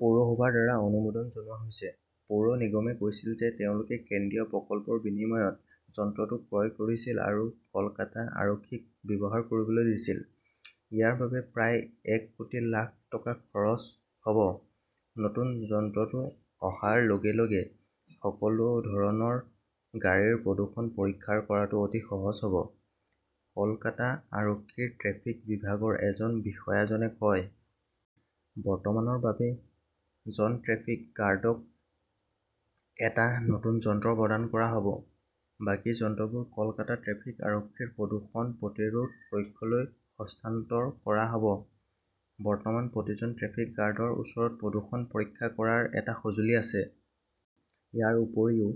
পৌৰসভাৰ দ্বাৰা অনুমোদন জনোৱা হৈছে। পৌৰ নিগমে কৈছিল যে তেওঁলোকে কেন্দ্ৰীয় প্ৰকল্পৰ বিনিময়ত যন্ত্ৰটো ক্ৰয় কৰিছিল আৰু কলকাতা আৰক্ষীক ব্যৱহাৰ কৰিবলৈ দিছিল। ইয়াৰ বাবে প্ৰায় এক কোটি লাখ টকা খৰচ হ "ব। নতুন যন্ত্ৰটো অহাৰ লগে লগে সকলো ধৰণৰ গাড়ীৰ প্ৰদূষণ পৰীক্ষা কৰাটো অতি সহজ হ "ব", কলকাতা আৰক্ষীৰ ট্ৰেফিক বিভাগৰ এজন বিষয়াজনে কয়। বৰ্তমানৰ বাবে, জন ট্ৰেফিক গাৰ্ডক এটা নতুন যন্ত্ৰ প্ৰদান কৰা হ 'ব। বাকী যন্ত্ৰবোৰ কলকাতা ট্ৰেফিক আৰক্ষীৰ প্ৰদূষণ প্ৰতিৰোধ কক্ষলৈ হস্তান্তৰ কৰা হ 'ব। বৰ্তমান প্ৰতিজন ট্ৰেফিক গাৰ্ডৰ ওচৰত প্ৰদূষণ পৰীক্ষা কৰাৰ এটা সঁজুলি আছে। ইয়াৰ উপৰিও,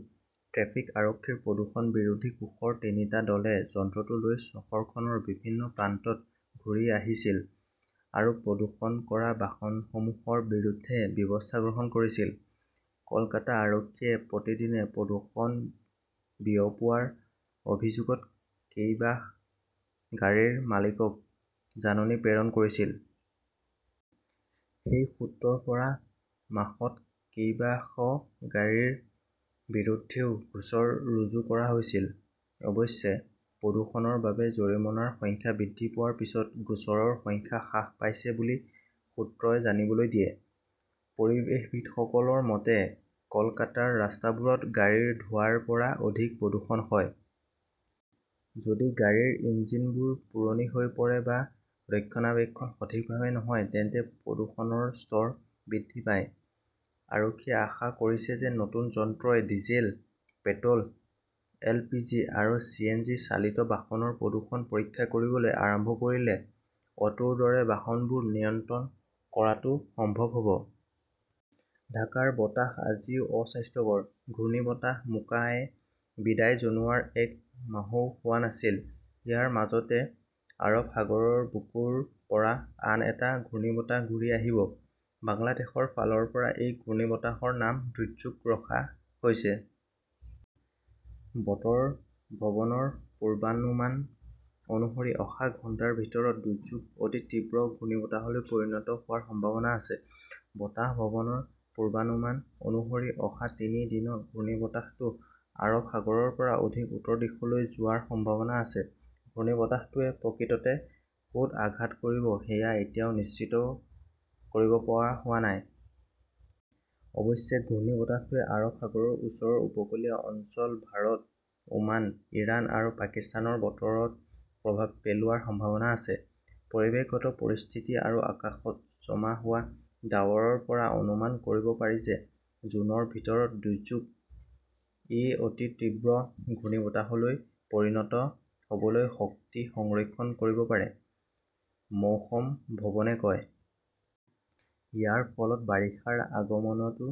ট্ৰেফিক আৰক্ষীৰ প্ৰদূষণ বিৰোধী কোষৰ তিনিটা দলে যন্ত্ৰটো লৈ চহৰখনৰ বিভিন্ন প্ৰান্তত ঘূৰি আহিছিল আৰু প্ৰদূষণ কৰা বাহনসমূহৰ বিৰুদ্ধে ব্যৱস্থা গ্ৰহণ কৰিছিল। কলকাতা আৰক্ষীয়ে প্ৰতিদিনে প্ৰদূষণ বিয়পোৱাৰ অভিযোগত কেইবাশ গাড়ীৰ মালিকক জাননী প্ৰেৰণ কৰিছিল। সেই সূত্ৰৰ পৰা মাহত কেইবাশ গাড়ীৰ বিৰুদ্ধেও গোচৰ ৰুজু কৰা হৈছিল। অৱশ্যে, প্ৰদূষণৰ বাবে জৰিমনাৰ সংখ্যা বৃদ্ধি পোৱাৰ পিছত গোচৰৰ সংখ্যা হ্ৰাস পাইছে বুলি সূত্ৰই জানিবলৈ দিয়ে। পৰিৱেশবিদসকলৰ মতে, কলকাতাৰ ৰাস্তাবোৰত গাড়ীৰ ধোঁৱাৰ পৰা অধিক প্ৰদূষণ হয়। যদি গাড়ীৰ ইঞ্জিনবোৰ পুৰণি হৈ পৰে বা ৰক্ষণাবেক্ষণ সঠিকভাৱে নহয় তেন্তে প্ৰদূষণৰ স্তৰ বৃদ্ধি পায়। আৰক্ষীয়ে আশা কৰিছে যে নতুন যন্ত্ৰই ডিজেল, পেট্ৰ "ল, এলপিজি আৰু চিএনজি চালিত বাহনৰ প্ৰদূষণ পৰীক্ষা কৰিবলৈ আৰম্ভ কৰিলে অটোৰ দৰে বাহনবোৰ নিয়ন্ত্ৰণ কৰাটো সম্ভৱ হ" ব। ঢাকাৰ বতাহ আজিও 'অস্বাস্থ্যকৰ " ঘূৰ্ণীবতাহ 'মোকা "য়ে বিদায় জনোৱাৰ এক মাহও হোৱা নাছিল। ইয়াৰ মাজতে আৰব সাগৰৰ বুকুৰ পৰা আন এটা ঘূৰ্ণীবতাহ ঘূৰি আহিব। বাংলাদেশৰ ফালৰ পৰা এই ঘূৰ্ণীবতাহৰ নাম 'দুৰ্যোগ "ৰখা হৈছে। বতৰ ভৱনৰ পূৰ্বানুমান অনুসৰি অহা ঘণ্টাৰ ভিতৰত 'দুৰ্যোগ "অতি তীব্ৰ ঘূৰ্ণীবতাহলৈ পৰিণত হোৱাৰ সম্ভাৱনা আছে। বতাস ভৱনৰ পূৰ্বানুমান অনুসৰি অহা তিনি দিনত ঘূৰ্ণীবতাহটো আৰৱ সাগৰৰ পৰা অধিক উত্তৰ দিশলৈ যোৱাৰ সম্ভাৱনা আছে। ঘূৰ্ণীবতাহটোৱে প্ৰকৃততে ক "ত আঘাত কৰিব সেয়া এতিয়াও নিশ্চিত কৰিব পৰা হোৱা নাই। অৱশ্যে, ঘূৰ্ণীবতাহটোৱে আৰৱ সাগৰৰ ওচৰৰ উপকূলীয় অঞ্চল ভাৰত, ওমান, ইৰাণ আৰু পাকিস্তানৰ বতৰত প্ৰভাৱ পেলোৱাৰ সম্ভাৱনা আছে। পৰিৱেশগত পৰিস্থিতি আৰু আকাশত জমা হোৱা ডাৱৰৰ পৰা অনুমান কৰিব পাৰি যে জুনৰ ভিতৰত 'দুৰ্যোগ "ই অতি তীব্ৰ ঘূৰ্ণীবতাহলৈ পৰিণত হ" বলৈ শক্তি সংৰক্ষণ কৰিব পাৰে, মৌসম ভৱনে কয়। ইয়াৰ ফলত বাৰিষাৰ আগমনতো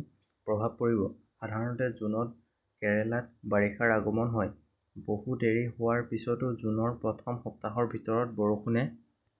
প্ৰভাৱ পৰিব। সাধাৰণতে জুনত কেৰালাত বাৰিষাৰ আগমন হয়। বহু দেৰি হোৱাৰ পিছতো জুনৰ প্ৰথম সপ্তাহৰ ভিতৰত বৰষুণে